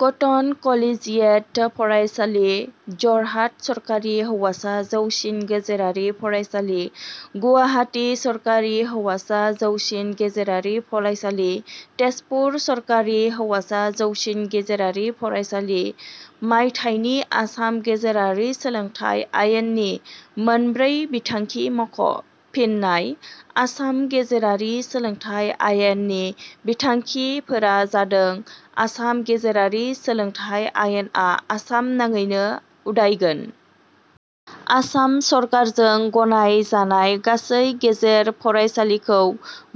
Cotton Collegiate फरायसालि। जरहाट सरकारि हौवासा जौसिन गेजेरारि फरायसालि। गुवाहाटि सरकारि हौवासा जौसिन गेजेरारि फरायसालि। टेजपुर सरकारि हौवासा जौसिन गेजेरारि फरायसालि।. मायथाइनि आसाम गेजेरारि सोलोंथाइ आयेननि मोनब्रै बिथांखि मुंख'। फिन्नाय: आसाम गेजेरारि सोलोंथाइ आयेन, नि बिथांखि फोरा जादों: आसाम गेजेरारि सोलोंथाइ आयेन आ आसाम नाङैनो उदायगोन। आसाम सरकारजों गनाय जानाय गासै गेजेर फरायसालिखौ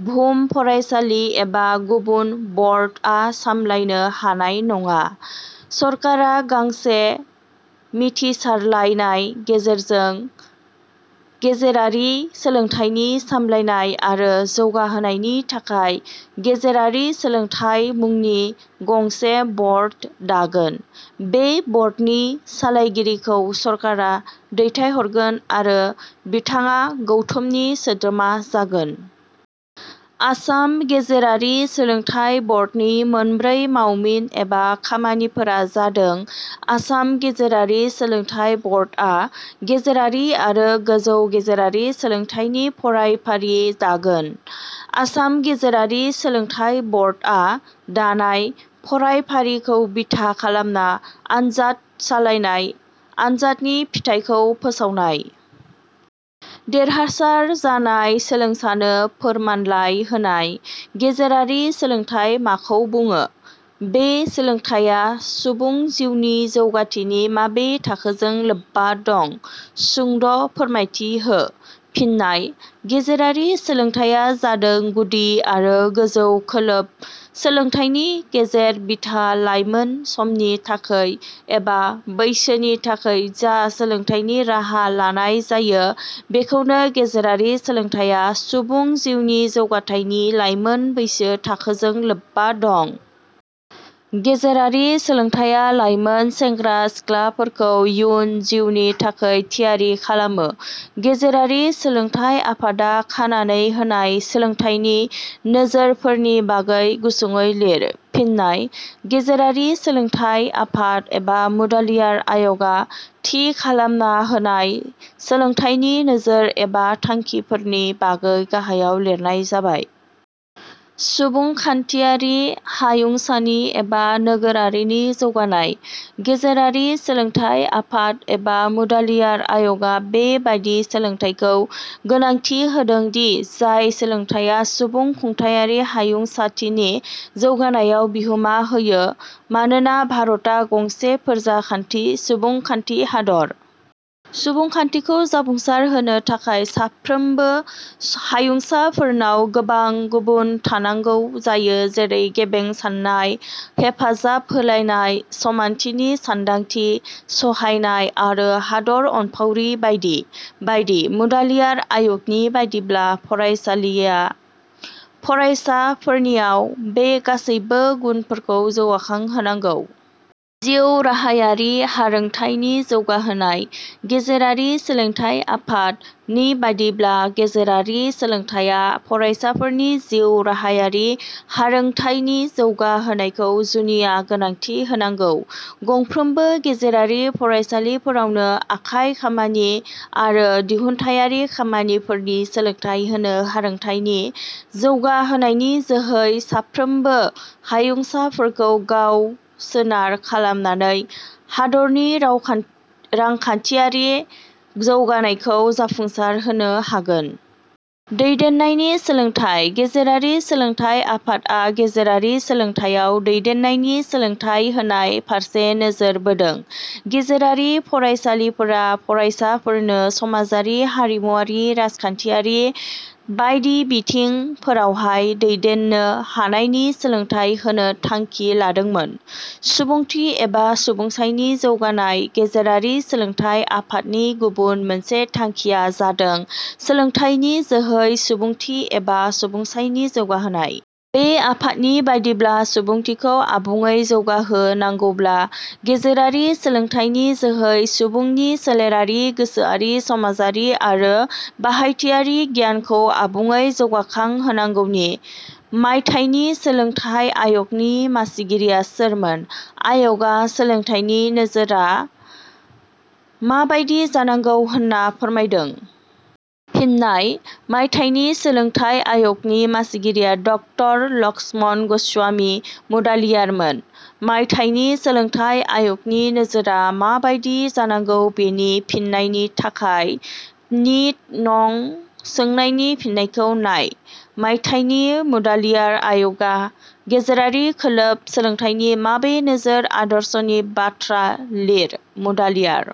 भुम फरायसालि एबा गुबुन बर्ड आ सामलायनो हानाय नङा। सरकारा गांसे मिथिसारलायनाय गेजेरजों गेजेरारि सोलोंथाइनि सामलायनाय, आरो जौगाहोनायनि थाखाय गेजेरारि सोलोंथाइ मुंनि गंसे बर्ड दागोन। बे बर्डनि सालायगिरिखौ सरकारा दैथायहरगोन आरो बिथाङा गौथुमनि सोद्रोमा जागोन। आसाम गेजेरारि सोलोंथाइ बर्डनि मोनब्रै मावमिन एबा खामानिफोरा जादों: आसाम गेजेरारि सोलोंथाइ बर्डआ गेजेरारि आरो गोजौ गेजेरारि सोलोंथाइनि फरायफारि दागोन। आसाम गेजेरारि सोलोंथाइ बर्डाआ दानाय फरायफारिखौ बिथा खालामना आनजाद सालायनाय। आनजादनि फिथायखौ फोसावनाय। देरहासार जानाय सोलोंसानो फोरमानलाइ होनाय।.गेजेरारि सोलोंथाइ माखौ बुङो? बे सोलोंथाइया सुबुं जिउनि जौगाथिनि माबे थांखोजों लोबबा दं? सुंद ' फोरमायथि हो। फिन्नाय: गेजेरारि सोलोंथाइया जादों गुदि आरो गोजौ खोलोब सोलोंथाइनि गेजेर बिथा। लाइमोन समनि थाखै एबा बैसोनि थाखै जा सोलोंथाइनि राहा लानाय जायो बेखौनो गेजेरारि सोलोंथाइया सुबुं जिउनि जौगाथाइनि लाइमोन बैसो थाखोजों लोबबा दं। गेजेरारि सोलोंथाइया लाइमोन सेंग्रा सिख्लाफोरखौ इयुन जिउनि थाखै थियारि खालामो।.गेजेरारि सोलोंथाइ आफादा खानानै होनाय सोलोंथाइनि नोजोरफोरनि बागै गुसुङैलिर। फिन्नाय: गेजेरारि सोलोंथाइ आफाद - एबा मुडालियार आय 'गा थि खालामना होनाय सोलोंथाइनि नोजोर एबा थांखिफोरनि बागै गाहायाव लिरनाय जाबाय:. सुबुंखान्थियारि हायुंसानि एबा नोगोरारिनि जौगानाय: गेजेरारि सोलोंथाइ आफाद एबा मुडालियार आय 'गा बे बादि सोलोंथाइखौ गोनांथि होदों दि जाय सोलोंथाइया सुबुं खुंथायारि हायुंसाथिनि जौगानायाव बिहोमा होयो। मानोना भारता गंसे फोरजाखान्थि सुबुंखान्थि हादर। सुबुंखान्थिखौ जाफुंसारहोनो थाखाय साफ्रोमबो हायुंसाफोरनाव गोबां गुबुन थानांगौ जायो जेरै – गेबें साननाय, हेफाजाबहोलायनाय, समानथिनि सानदांथि, सहायनाय आरो हादर अनफावरि बायदि बायदि। मुडालियार आय 'गनि बादिब्ला, फरायसालिया फरायसाफोरनियाव बे गासैबो गुनफोरखौ जौगाखां होनांगौ।. जिउ राहायारि हारोंथाइनि जौगाहोनाय: गेजेरारि सोलोंथाइ आफाद - नि बादिब्ला गेजेरारि सोलोंथाइया फरायसाफोरनि जिउ राहायारि हारोंथाइनि जौगाहोनायखौ जुनिया गोनांथि होनांगौ। गंफ्रोमबो गेजेरारि फरायसालिफोरावनो आखाइ खामानि आरो दिहुनथायारि खामानिफोरनि सोलोंथाइ होनो हारोंथाइनि जौगाहोनायनि जोहै साफ्रोमबो हायुंसाफोरखौ गाव सोनार खालामनानै हादरनि रांखान्थियारि जौगानायखौ जाफुंसार होनो हागोन।. दैदेननायनि सोलोंथाइ :गेजेरारि सोलोंथाइ आफाद - आ गेजेरारि सोलोंथाइयाव दैदेननायनि सोलोंथाइ होनाय फारसे नोजोर बोदों। गेजेरारि फरायसालिफोरा फरायसाफोरनो समाजारि, हारिमुवारि, राजखान्थियारि बायदि बिथिं फोरावहाय दैदेननो हानायनि सोलोंथाइ होनो थांखि लादोंमोन।. सुबुंथि एबा सुबुंसायनि जौगानाय: गेजेरारि सोलोंथाइ आफाद - नि गुबुन मोनसे थांखिया जादों सोलोंथाइनि जोहै सुबुंथि एबा सुबुंसायनि जौगाहोनाय। बे आफादनि बादिब्ला सुबुंथिखौ आबुङै जौगाहो- नांगौब्ला गेजेरारि सोलोंथाइनि जोहै सुबुंनि सोलेरारि, गोसोआरि, समाजारि आरो बाहायथायारि गियानखौ आबुङै जौगाखांहोनांगौनि।. - मायथाइनि सोलोंथाइ आय 'गनि मासिगिरिया सोरमोन? आय 'गा सोलोंथाइनि नोजोरा माबायदि जानांगौ होनना फोरमायदों? फिन्नाय: - मायथाइनि सोलोंथाइ आय 'गनि मासिगिरिया ड लक्षमणस्वामि मुडालियार मोन। - मायथाइनि सोलोंथाइ आय 'गनि नोजोरा। माबादि जानांगौ बेनि फिननायनि थाखाय नि नं सोंनायनि फिननायखौ नाय।. - मायथाइनि मुडालियार आय 'गा गेजेरारि खोलोब सोलोंथाइनि माबे नोजोर आदर्शनि बाथ्रा लिर।.मुडालियार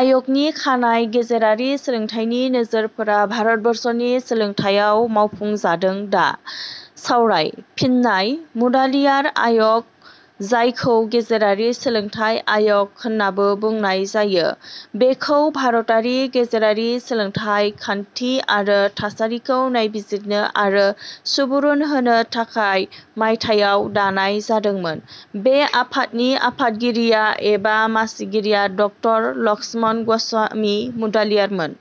आय 'गनि खानाय गेजेरारि सोलोंथाइनि नोजोरफोरा भारतबर्षनि सोलोंथाइयाव मावफुंजादों दा। सावराय। फिन्नाय: मुडालियार आयग जायखौ गेजेरारि सोलोंथाइ आय'ग - होननाबो बुंनाय जायो, बेखौ भारतनि गेजेरारि सोलोंथाइ खान्थि आरो थासारिखौ नायबिजिरनो आरो सुबुरुन होनो थाखाय मायथाइयाव दानाय जादोंमोन। बे आफादनि आफादगिरिया एबा मासिगिरिया ड लक्षमणस्वामि मुडालियार मोन।